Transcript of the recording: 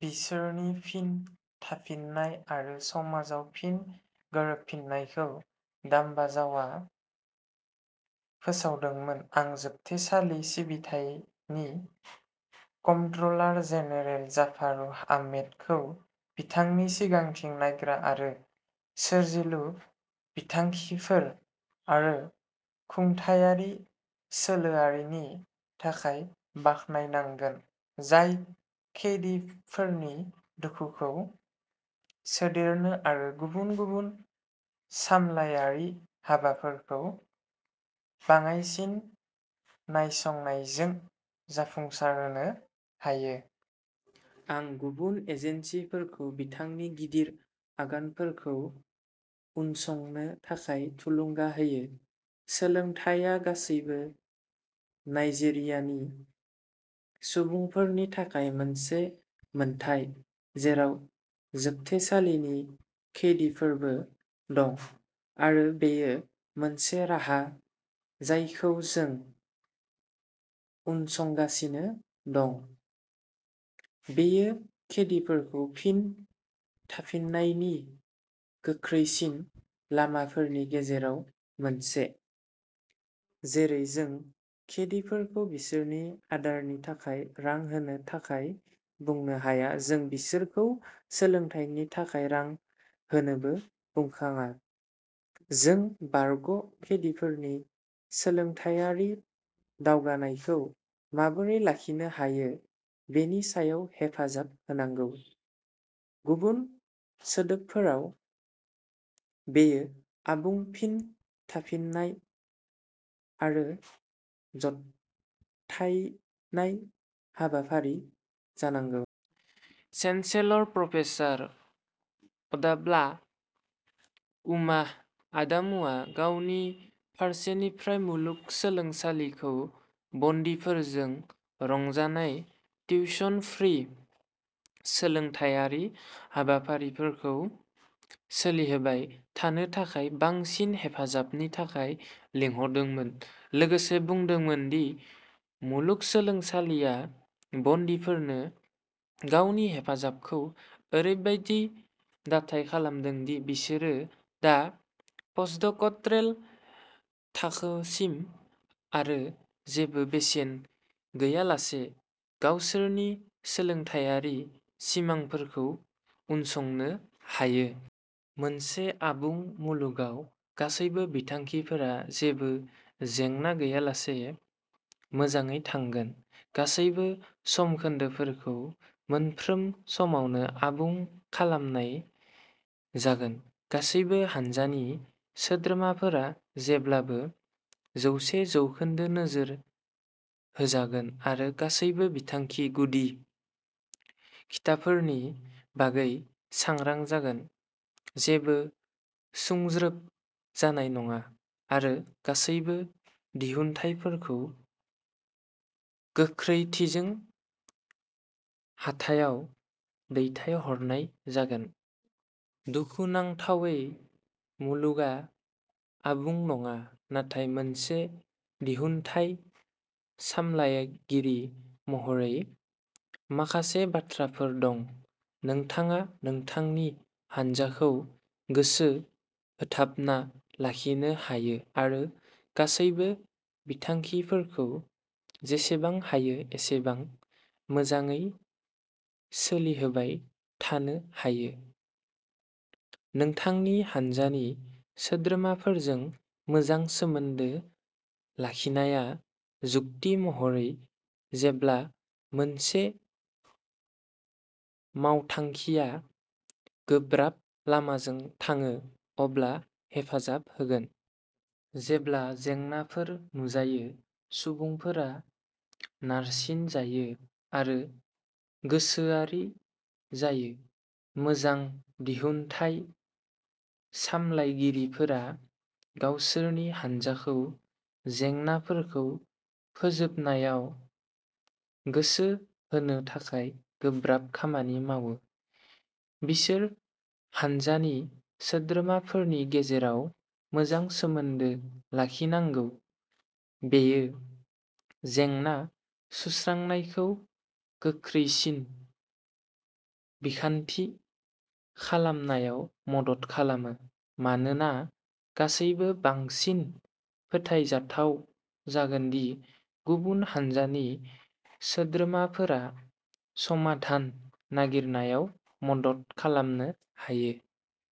बिसोरनि फिन थाफिन्नाय आरो समाजआव फिन गोरोबफिन्नायखौ दाम्बाजाउआ फोसावदोंमोन। आं जोबथेसालि सिबिथायनि कमप्ट्रोलार जेनेरेल जाफारु आहमेदखौ बिथांनि सिगांथिं नायग्रा आरो सोरजिलु बिथांखिफोर आरो खुंथायारि सोलोआरिनि थाखाय बाख्नायनांगोन, जाय खैदिफोरनि दुखुखौ सोदेरनो आरो गुबुन गुबुन सामलायारि हाबाफोरखौ बाङायसिन नायसंनायजों जाफुंसारहोनो हायो। आं गुबुन एजेन्सिफोरखौ बिथांनि गिदिर आगानफोरखौ उनसंनो थाखाय थुलुंगा होयो। सोलोंथायआ गासैबो नाइजेरियानि सुबुंफोरनि थाखाय मोनसे मोनथाय, जेराव जोबथेसालिनि खैदिफोरबो दं आरो बेयो मोनसे राहा जायखौ जों उनसंगासिनो दं। बेयो खैदिफोरखौ फिन थाफिननायनि गोख्रैसिन लामाफोरनि गेजेराव मोनसे। जेरै जों खैदिफोरखौ बिसोरनि आदारनि थाखाय रां होनो थाखाय बुंनो हाया, जों बिसोरखौ सोलोंथाइनि थाखाय रां होनोबो बुंखाङा। जों बारग' खैदिफोरनि सोलोंथायारि दावगानायखौ माबोरै लाखिनो हायो बेनि सायाव हेफाजाब होनांगौ। गुबुन सोदोबफोराव, बेयो आबुं फिन थाफिननाय आरो जथायनाय हाबाफारि जानांगौ। चेन्सेलर, प्रफेसार अब्दाल्ला उबा आदामुआ गावनि फारसेनिफ्राय मुलुगसोलोंसालिखौ बन्दिफोरजों रंजानाय टिउशन-फ्री सोलोंथायारि हाबाफारिफोरखौ सोलिहोबाय थानो थाखाय बांसिन हेफाजाबनि थाखाय लिंहरदोंमोन, लोगोसे बुंदोंमोन दि मुलुगसोलोंसालिया बन्दिफोरनो गावनि हेफाजाबखौ ओरैबायदि दाथाय खालामदों दि बिसोरो दा पस्टड'क'टरेल थाखोसिम आरो जेबो बेसेन गैयालासे गावसोरनि सोलोंथायारि सिमांफोरखौ उनसंनो हायो। मोनसे आबुं मुलुगाव, गासैबो बिथांखिफोरा जेबो जेंना गैयालासे मोजाङै थांगोन। गासैबो समखोन्दोफोरखौ मोनफ्रोम समावनो आबुं खालामनाय जागोन। गासैबो हानजानि सोद्रोमाफोरा जेब्लाबो जौसे जौखोन्दो नोजोर होजागोन आरो गासैबो बिथांखि गुदि-खिथाफोरनि बागै सांग्रां जागोन। जेबो सुंज्रोब जानाय नङा, आरो गासैबो दिहुनथायफोरखौ गोख्रैथिजों हाथायाव दैथायहरनाय जागोन। दुखुनांथावै, मुलुगआ आबुं नङा। नाथाय मोनसे दिहुनथाय सामलायगिरि महरै, माखासे बाथ्राफोर दं। नोंथाङा नोंथांनि हान्जाखौ गोसो होथाबना लाखिनो हायो आरो गासैबो बिथांखिफोरखौ जेसेबां हायो एसेबां मोजाङै सोलिहोबाय थानो हायो। नोंथांनि हान्जानि सोद्रोमाफोरजों मोजां सोमोन्दो लाखिनाया, जुक्ति महरै, जेब्ला मोनसे मावथांखिआ गोब्राब लामाजों थाङो अब्ला हेफाजाब होगोन। जेब्ला जेंनाफोर नुजायो, सुबुंफोरा नारसिनजायो आरो गोसोआरि जायो; मोजां दिहुनथाय सामलायगिरिफोरा गावसोरनि हान्जाखौ जेंनाफोरखौ फोजोबनायाव गोसो होनो थाखाय गोब्राब खामानि मावो। बिसोर हानजानि सोद्रोमाफोरनि गेजेराव मोजां सोमोन्दो लाखिनांगौ-बेयो जेंना-सुस्रांनायखौ गोख्रैसिन बिखान्थि खालामनायाव मदद खालामो, मानोना गासैबो बांसिन फोथायजाथाव जागोन दि गुबुन हान्जानि सोद्रोमाफोरा समाधान नागिरनायाव मदद खालामनो हायो।